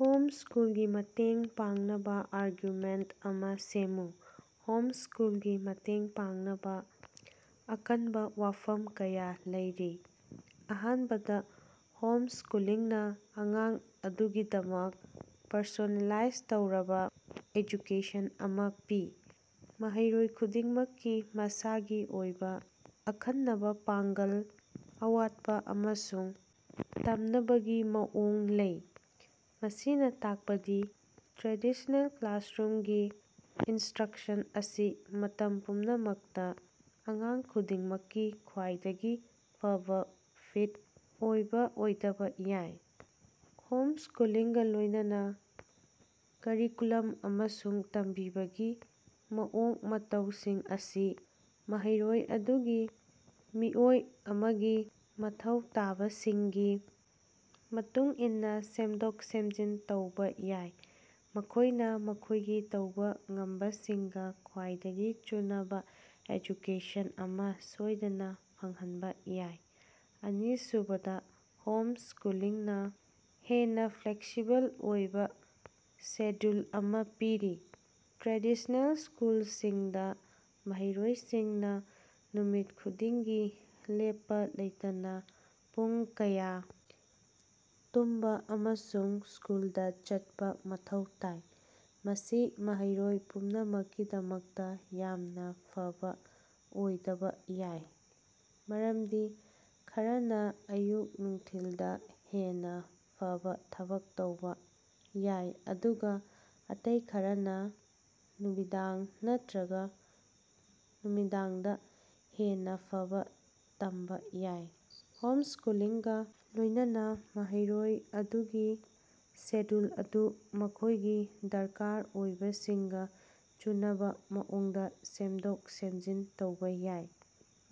Home ꯁ꯭ꯀꯨꯜꯒꯤ ꯃꯇꯦꯡ ꯄꯥꯡꯅꯕꯥ ꯑꯥꯔꯒꯨꯃꯦꯟꯇ ꯑꯃꯥ ꯁꯦꯝꯃꯨ꯫ ꯍꯣꯝ ꯁ꯭ꯀꯨꯜꯒꯤ ꯃꯇꯦꯡ ꯄꯥꯡꯅꯕꯥ ꯑꯀꯟꯕꯥ ꯋꯥꯐꯝ ꯀꯌꯥ ꯂꯩꯔꯤ꯫ ꯑꯍꯥꯟꯕꯗꯥ, ꯍꯣꯝ ꯁ꯭ꯀꯨꯂꯤꯡꯅꯥ ꯑꯉꯥꯡ ꯑꯗꯨꯒꯤꯗꯃꯛ ꯄꯔꯁꯣꯅꯦꯂꯥꯏꯖ ꯇꯧꯔꯕꯥ ꯑꯦꯖꯨꯀꯦꯁꯟ ꯑꯃꯥ ꯄꯤ꯫ ꯃꯍꯩꯔꯣꯏ ꯈꯨꯗꯤꯡꯃꯛꯀꯤ ꯃꯁꯥꯒꯤ ꯑꯣꯏꯕꯥ ꯑꯈꯟꯅꯕꯥ ꯄꯥꯡꯒꯜ, ꯑꯋꯥꯠꯄꯥ ꯑꯃꯁꯨꯡ ꯇꯝꯅꯕꯒꯤ ꯃꯑꯣꯡ ꯂꯩ꯫ ꯃꯁꯤꯅꯥ ꯇꯥꯛꯄꯗꯤ ꯇ꯭ꯔꯦꯗꯤꯁꯅꯦꯜ ꯀ꯭ꯂꯥꯁꯔꯨꯝꯒꯤ ꯏꯟꯁꯇ꯭ꯔꯛꯁꯟ ꯑꯁꯤ ꯃꯇꯝ ꯄꯨꯝꯅꯃꯛꯇꯥ ꯑꯉꯥꯡ ꯈꯨꯗꯤꯡꯃꯛꯀꯤ ꯈ꯭ꯋꯥꯏꯗꯒꯤ ꯐꯕꯥ ꯐꯤꯠ ꯑꯣꯏꯕꯥ ꯑꯣꯏꯗꯕꯥ ꯌꯥꯏ꯫ ꯍꯣꯝ ꯁ꯭ꯀꯨꯂꯤꯡꯒꯥ ꯂꯣꯏꯅꯅꯥ, ꯀꯔꯤꯀꯨꯂꯝ ꯑꯃꯁꯨꯡ ꯇꯝꯕꯤꯕꯒꯤ ꯃꯑꯣꯡ-ꯃꯇꯧꯁꯤꯡ ꯑꯁꯤ ꯃꯍꯩꯔꯣꯏ ꯑꯗꯨꯒꯤ ꯃꯤꯑꯣꯏ ꯑꯃꯒꯤ ꯃꯊꯧ ꯇꯥꯕꯁꯤꯡꯒꯤ ꯃꯇꯨꯡꯏꯟꯅꯥ ꯁꯦꯝꯗꯣꯛ-ꯁꯦꯝꯖꯤꯟ ꯇꯧꯕꯥ ꯌꯥꯏ, ꯃꯈꯣꯏꯅꯥ ꯃꯈꯣꯏꯒꯤ ꯇꯧꯕꯥ ꯉꯝꯕꯁꯤꯡꯒꯥ ꯈ꯭ꯋꯥꯏꯗꯒꯤ ꯆꯨꯅꯕꯥ ꯑꯦꯖꯨꯀꯦꯁꯟ ꯑꯃꯥ ꯁꯣꯏꯗꯅꯥ ꯐꯪꯍꯟꯕꯥ ꯌꯥꯏ꯫ ꯑꯅꯤꯁꯨꯕꯗꯥ, ꯍꯣꯝ ꯁ꯭ꯀꯨꯂꯤꯡꯅꯥ ꯍꯦꯟꯅꯥ ꯐ꯭ꯂꯦꯛꯁꯤꯕꯜ ꯑꯣꯏꯕꯥ ꯁꯦꯗ꯭ꯌꯨꯜ ꯑꯃꯥ ꯄꯤꯔꯤ꯫ ꯇ꯭ꯔꯦꯗꯤꯁꯅꯦꯜ ꯁ꯭ꯀꯨꯂꯁꯤꯡꯗꯥ, ꯃꯍꯩꯔꯣꯏꯁꯤꯡꯅꯥ ꯅꯨꯃꯤꯠ ꯈꯨꯗꯤꯡꯒꯤ ꯂꯦꯞꯄꯥ ꯂꯩꯇꯅꯥ ꯄꯨꯡ ꯀꯌꯥ ꯇꯨꯝꯕꯥ ꯑꯃꯁꯨꯡ ꯁ꯭ꯀꯨꯜꯗꯥ ꯆꯠꯄꯥ ꯃꯊꯧ ꯇꯥꯏ꯫ ꯃꯁꯤ ꯃꯍꯩꯔꯣꯏ ꯄꯨꯝꯅꯃꯛꯀꯤꯗꯃꯛꯇꯥ ꯌꯥꯝꯅꯥ ꯐꯕꯥ ꯑꯣꯏꯗꯕꯥ ꯌꯥꯏ, ꯃꯔꯝꯗꯤ ꯈꯔꯅꯥ ꯑꯌꯨꯛ-ꯅꯨꯡꯊꯤꯜꯗꯥ ꯍꯦꯟꯅꯥ ꯐꯕꯥ ꯊꯕꯛ ꯇꯧꯕꯥ ꯌꯥꯏ, ꯑꯗꯨꯒꯥ ꯑꯇꯩ ꯈꯔꯅꯥ ꯅꯨꯃꯤꯗꯥꯡ ꯅꯠꯇ꯭ꯔꯒꯥ ꯅꯨꯃꯤꯗꯥꯡꯗꯥ ꯍꯦꯟꯅꯥ ꯐꯕꯥ ꯇꯝꯕꯥ ꯌꯥꯏ꯫ ꯍꯣꯝ ꯁ꯭ꯀꯨꯂꯤꯡꯒꯥ ꯂꯣꯏꯅꯅꯥ, ꯃꯍꯩꯔꯣꯏ ꯑꯗꯨꯒꯤ ꯁꯦꯗ꯭ꯌꯨꯜ ꯑꯗꯨ ꯃꯈꯣꯏꯒꯤ ꯗꯔꯀꯥꯔ ꯑꯣꯏꯕꯁꯤꯡꯒꯥ ꯆꯨꯅꯕꯥ ꯃꯑꯣꯡꯗꯥ ꯁꯦꯝꯗꯣꯛ-ꯁꯦꯝꯖꯤꯟ ꯇꯧꯕꯥ ꯌꯥꯏ,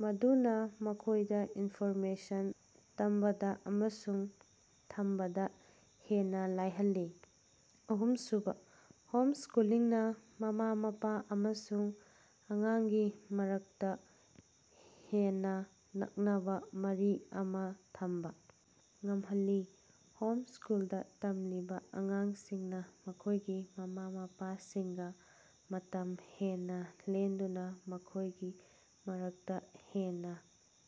ꯃꯗꯨꯅꯥ ꯃꯈꯣꯏꯗꯥ ꯏꯟꯐꯣꯔꯃꯦꯁꯟ ꯇꯝꯕꯗꯥ ꯑꯃꯁꯨꯡ ꯊꯝꯕꯗꯥ ꯍꯦꯟꯅꯥ ꯂꯥꯏꯍꯜꯂꯤ꯫ ꯑꯍꯨꯝꯁꯨꯕꯥ, ꯍꯣꯝ ꯁ꯭ꯀꯨꯂꯤꯡꯅꯥ ꯃꯃꯥ-ꯃꯄꯥ ꯑꯃꯁꯨꯡ ꯑꯉꯥꯡꯒꯤ ꯃꯔꯛꯇꯥ ꯍꯦꯟꯅꯥ ꯅꯛꯅꯕꯥ ꯃꯔꯤ ꯑꯃꯥ ꯊꯝꯕꯥ ꯉꯝꯍꯜꯂꯤ꯫ ꯍꯣꯝ ꯁ꯭ꯀꯨꯜꯗꯥ ꯇꯝꯂꯤꯕꯥ ꯑꯉꯥꯡꯁꯤꯡꯅꯥ ꯃꯈꯣꯏꯒꯤ ꯃꯃꯥ-ꯃꯄꯥꯁꯤꯡꯒꯥ ꯃꯇꯝ ꯍꯦꯟꯅꯥ ꯂꯦꯟꯗꯨꯅꯥ ꯃꯈꯣꯏꯒꯤ ꯃꯔꯛꯇꯥ ꯍꯦꯟꯅꯥ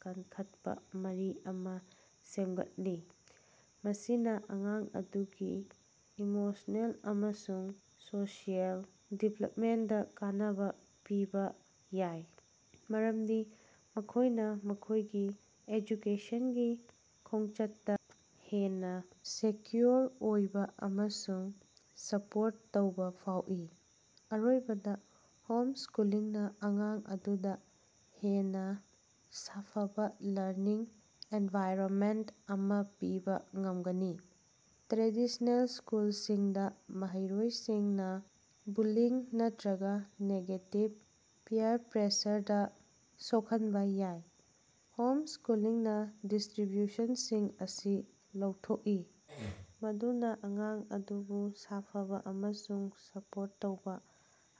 ꯀꯟꯈꯠꯄꯥ ꯃꯔꯤ ꯑꯃꯥ ꯁꯦꯝꯒꯠꯂꯤ꯫ ꯃꯁꯤꯅꯥ ꯑꯉꯥꯡ ꯑꯗꯨꯒꯤ ꯏꯃꯣꯁꯅꯦꯜ ꯑꯃꯁꯨꯡ ꯁꯣꯁꯤꯑꯦꯜ ꯗꯤꯚꯦꯂꯞꯃꯦꯟꯗꯥ ꯀꯥꯟꯅꯕꯥ ꯄꯤꯕꯥ ꯌꯥꯏ, ꯃꯔꯝꯗꯤ ꯃꯈꯣꯏꯅꯥ ꯃꯈꯣꯏꯒꯤ ꯑꯦꯖꯨꯀꯦꯁꯟꯒꯤ ꯈꯣꯡꯆꯠꯇꯥ ꯍꯦꯟꯅꯥ ꯁꯦꯛꯌꯨꯑꯣꯔ ꯑꯣꯏꯕꯥ ꯑꯃꯁꯨꯡ ꯁꯄꯣꯔꯠ ꯇꯧꯕꯥ ꯐꯥꯎꯏ꯫ ꯑꯔꯣꯏꯕꯗꯥ, ꯍꯣꯝ ꯁ꯭ꯀꯨꯂꯤꯡꯅꯥ ꯑꯉꯥꯡ ꯑꯗꯨꯗꯥ ꯍꯦꯟꯅꯥ ꯁꯥꯐꯕꯥ ꯂꯔꯅꯤꯡ ꯑꯦꯟꯚꯥꯏꯔꯟꯃꯦꯟꯇ ꯑꯃꯥ ꯄꯤꯕꯥ ꯉꯝꯒꯅꯤ꯫ ꯇ꯭ꯔꯦꯗꯤꯁꯅꯦꯜ ꯁ꯭ꯀꯨꯜꯁꯤꯡꯗꯥ, ꯃꯍꯩꯔꯣꯏꯁꯤꯡꯅꯥ ꯕꯨꯜꯂꯤꯡ ꯅꯠꯇ꯭ꯔꯒꯥ ꯅꯦꯒꯦꯇꯤꯚ ꯄꯤꯌꯔ ꯄ꯭ꯔꯦꯁꯔꯗꯥ ꯁꯣꯛꯍꯟꯕꯥ ꯌꯥꯏ꯫ ꯍꯣꯝ ꯁ꯭ꯀꯨꯜꯂꯤꯡꯅꯥ ꯗꯤꯁꯇ꯭ꯔꯤꯕ꯭ꯌꯨꯁꯟꯁꯤꯡ ꯑꯁꯤ ꯂꯧꯊꯣꯛꯏ, ꯃꯗꯨꯅꯥ ꯑꯉꯥꯡ ꯑꯗꯨꯕꯨ ꯁꯥꯐꯕꯥ ꯑꯃꯁꯨꯡ ꯁꯄꯣꯔꯠ ꯇꯧꯕꯥ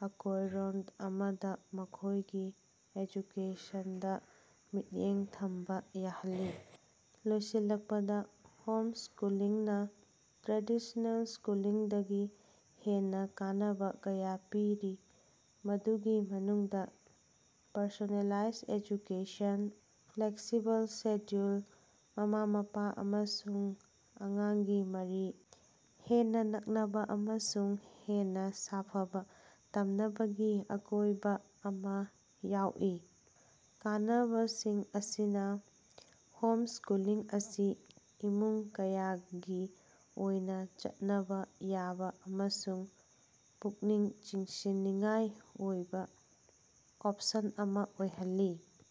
ꯑꯀꯣꯏꯔꯣꯟ ꯑꯃꯗꯥ ꯃꯈꯣꯏꯒꯤ ꯑꯦꯖꯨꯀꯦꯁꯟꯗꯥ ꯃꯤꯠꯌꯦꯡ ꯊꯝꯕꯥ ꯌꯥꯍꯜꯂꯤ꯫ ꯂꯣꯏꯁꯤꯜꯂꯛꯄꯗꯥ, ꯍꯣꯝ ꯁ꯭ꯀꯨꯂꯤꯡꯅꯥ ꯇ꯭ꯔꯦꯗꯤꯁꯅꯦꯜ ꯁ꯭ꯀꯨꯂꯤꯡꯗꯒꯤ ꯍꯦꯟꯅꯥ ꯀꯥꯟꯅꯕꯥ ꯀꯌꯥ ꯄꯤꯔꯤ, ꯃꯗꯨꯒꯤ ꯃꯅꯨꯡꯗꯥ ꯄꯔꯁꯣꯅꯦꯂꯥꯏꯖ ꯑꯦꯖꯨꯀꯦꯁꯟ, ꯐ꯭ꯂꯦꯛꯁꯤꯕꯜ ꯁꯦꯗ꯭ꯌꯨꯜ, ꯃꯃꯥ-ꯃꯄꯥ ꯑꯃꯁꯨꯡ ꯑꯉꯥꯡꯒꯤ ꯃꯔꯤ ꯍꯦꯟꯅꯥ ꯅꯛꯅꯕꯥ, ꯑꯃꯁꯨꯡ ꯍꯦꯟꯅꯥ ꯁꯥꯐꯕꯥ ꯇꯝꯅꯕꯒꯤ ꯑꯀꯣꯏꯕꯥ ꯑꯃꯥ ꯌꯥꯎꯏ꯫ ꯀꯥꯟꯅꯕꯁꯤꯡ ꯑꯁꯤꯅꯥ ꯍꯣꯝ ꯁ꯭ꯀꯨꯂꯤꯡ ꯑꯁꯤ ꯏꯃꯨꯡ ꯀꯌꯥꯒꯤ ꯑꯣꯏꯅꯥ ꯆꯠꯅꯕꯥ ꯌꯥꯕꯥ ꯑꯃꯁꯨꯡ ꯄꯨꯛꯅꯤꯡ ꯆꯤꯡꯁꯤꯟꯅꯤꯡꯉꯥꯏ ꯑꯣꯏꯕꯥ ꯑꯣꯞꯁꯟ ꯑꯃꯥ ꯑꯣꯏꯍꯜꯂꯤ꯫